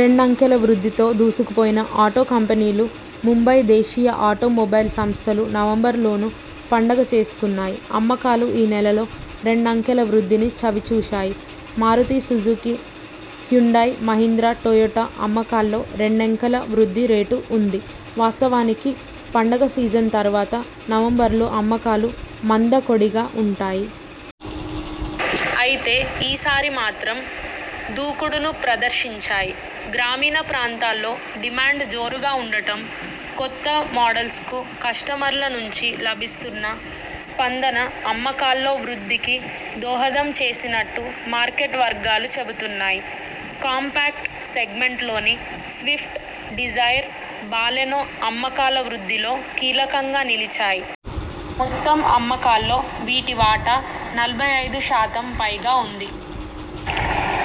రెండంకెల వృద్ధితో దూసుకుపోయిన auto కంపెనీలు ముంబై దేశీయ automobile సంస్థలు నవంబరు లోనూ పండగ చేసుకున్నాయి. అమ్మకాలు ఈ నెలలో రెండంకెల వృద్ధిని చవి చూశాయి. Maruti Suzuki, Hyundai, Mahindra, Toyota అమ్మకాల్లో రెండంకెల వృద్ధి రేటు ఉంది. వాస్తవానికి పండగ సీజన్ తర్వాత నవంబరులో అమ్మకాలు మందకొడిగా ఉంటాయి. అయితే ఈ సారి మాత్రం దూకుడును ప్రదర్శించాయి. గ్రామీణ ప్రాంతాల్లో డిమాండ్ జోరుగా ఉండటం, కొత్త మోడల్స్కు కస్టమర్ల నుంచి లభిస్తున్న స్పందన అమ్మకాల్లో వృద్ధికి దోహదం చేసినట్టు మార్కెట్ వర్గాలు చెబుతున్నాయి. కాంపాక్ట్ సెగ్మెంట్లోని స్విఫ్ట్, డిజైర్, బాలెనో అమ్మకాల వృద్ధిలో కీలకంగా నిలిచాయి. మొత్తం అమ్మకాల్లో వీటి వాటా నలభై ఐదు శాతం పైగా ఉంది.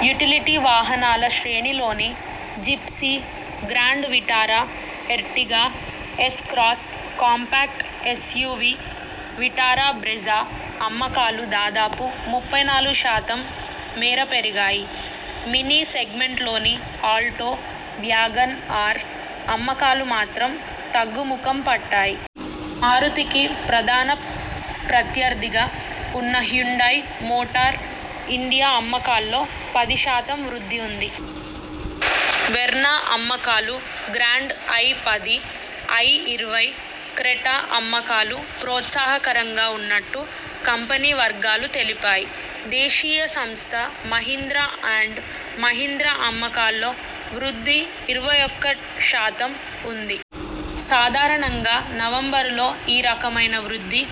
యుటిలిటీ వాహనాల శ్రేణిలోని Gypsy, Grand Vitara, Ertiga, S Cross, compact SUV Vitara Brezza అమ్మకాలు దాదాపు ముప్పై నాలుగు శాతం మేర పెరిగాయి. మినీ సెగ్మెంట్లోని ఆల్టో, వ్యాగన్ ఆర్ అమ్మకాలు మాత్రం తగ్గుముఖం పట్టాయి. మారుతికి ప్రధాన ప్రత్యర్థిగా ఉన్న హ్యుండయ్ మోటార్ ఇండియా అమ్మకాల్లో పది శాతం వృద్ధి ఉంది. వెర్నా అమ్మకాలు, గ్రాండ్ ఐపది, ఐఇరవై, క్రెటా అమ్మకాలు ప్రోత్సాహకరంగా ఉన్నట్టు కంపెనీ వర్గాలు తెలిపాయి. దేశీయ సంస్థ మహీంద్రా అండ్ మహీంద్రా అమ్మకాల్లో వృద్ధి ఇరవై ఒకటి శాతం ఉంది. సాధారణంగా నవంబరులో ఈ రకమైన వృద్ధి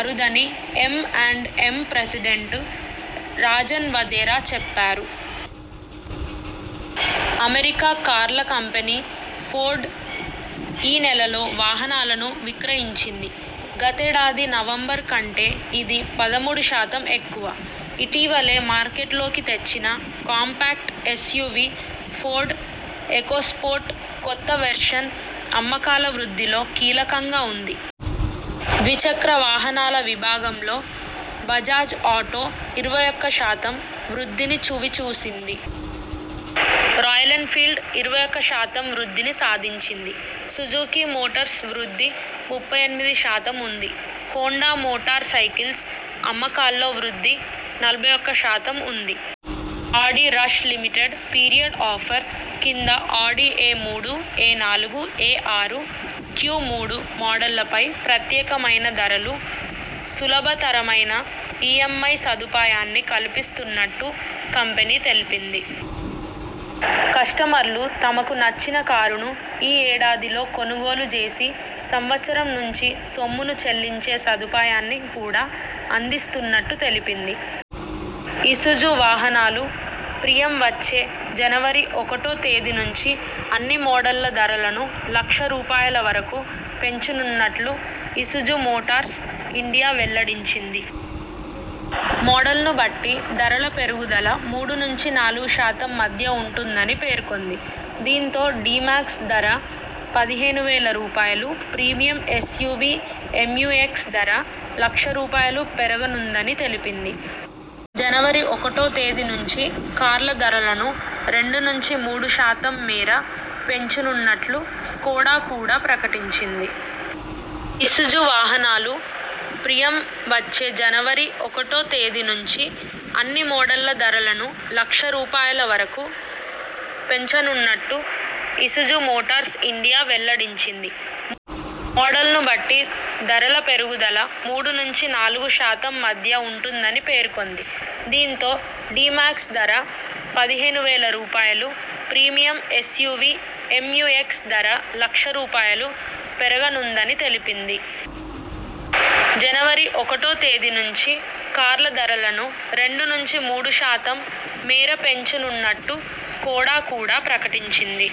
అరుదని M and M president Rajan Wadhera చెప్పారు. అమెరికా కార్ల కంపెనీ ఫోర్డ్ ఈ నెలలో వాహనాలను విక్రయించింది. గతేడాది నవంబరు కంటే ఇది పదమూడు శాతం ఎక్కువ. ఇటీవలే మార్కెట్లోకి తెచ్చిన కాంపాక్ట్ ఎస్యువి ఫోర్డ్ ఎకోస్పోర్ట్ కొత్త వెర్షన్ అమ్మకాల వృద్ధిలో కీలకంగా ఉంది. ద్విచక్ర వాహనాల విభాగంలో బజాజ్ ఆటో ఇరవై ఒకటి శాతం, వృద్ధిని చవి చూసింది. రాయల్ ఎన్ఫీల్డ్ ఇరవై ఒకటి శాతం వృద్ధిని సాధించింది. సుజుకీ మోటార్స్ వృద్ధి ముప్పై ఎనిమిది శాతం ఉంది. హోండా మోటార్ సైకిల్స్ అమ్మకాల్లో వృద్ధి నలభై ఒకటి శాతం ఉంది. ఆడిరష్ లిమిటెడ్ పీరియడ్ ఆఫర్ కింద ఆడి ఎమూడు, ఎనాలుగు, ఎఆరు, క్యుమూడు మోడళ్లపై ప్రత్యేకమైన ధరలు, సులభ తరమైన ఈ‌ఎం‌ఐ సదుపాయాన్ని కల్పిస్తున్నట్టు కంపెనీ తెలిపింది. కస్టమర్లు తమకు నచ్చిన కారును ఈ ఏడాదిలో కొనుగోలు చేసి సంవత్సరం నుంచి సొమ్మును చెల్లించే సదుపాయాన్ని కూడా అందిస్తున్నట్టు తెలిపింది. ఇసుజు వాహనాలు ప్రియం వచ్చే జనవరి ఒకటో తేదీ నుంచి అన్ని మోడళ్ల ధరలను లక్ష రూపాయల వరకు పెంచనున్నట్టు ఇసుజు మోటార్స్ ఇండియా వెల్లడించింది. మోడల్ను బట్టి ధరల పెరుగుదల మూడు నాలుగు శాతం మధ్య ఉంటుందని పేర్కొంది. దీంతో డి మాక్స్ ధర పదిహేను వేల రూపాయలు, ప్రీమియం ఎస్యువి ఎంయు ఎక్స్ ధర లక్ష రూపాయలు పెరగనుందని తెలిపింది. జనవరి ఒకటో తేదీ నుంచి కార్ల ధరలను రెండు మూడు శాతం మేర పెంచనున్నట్టు స్కోడా కూడా ప్రకటించింది. ఇసుజు వాహనాలు ప్రియం వచ్చే జనవరి ఒకటో తేదీ నుంచి అన్ని మోడళ్ల ధరలను లక్ష రూపాయల వరకు పెంచనున్నట్టు ఇసుజు మోటార్స్ ఇండియా వెల్లడించింది. మోడల్ ను బట్టి ధరల పెరుగుదల మూడు నాలుగు శాతం మధ్య ఉంటుందని పేర్కొంది. దీంతో డి మాక్స్ ధర పదిహేను వేల రూపాయలు, ప్రీమియం ఎస్యువి ఎంయు ఎక్స్ ధర లక్ష రూపాయలు పెరగనుందని తెలిపింది. జనవరి ఒకటో తేదీ నుంచి కార్ల ధరలను రెండు మూడు శాతం మేర పెంచనున్నట్టు స్కోడా కూడా ప్రకటించింది.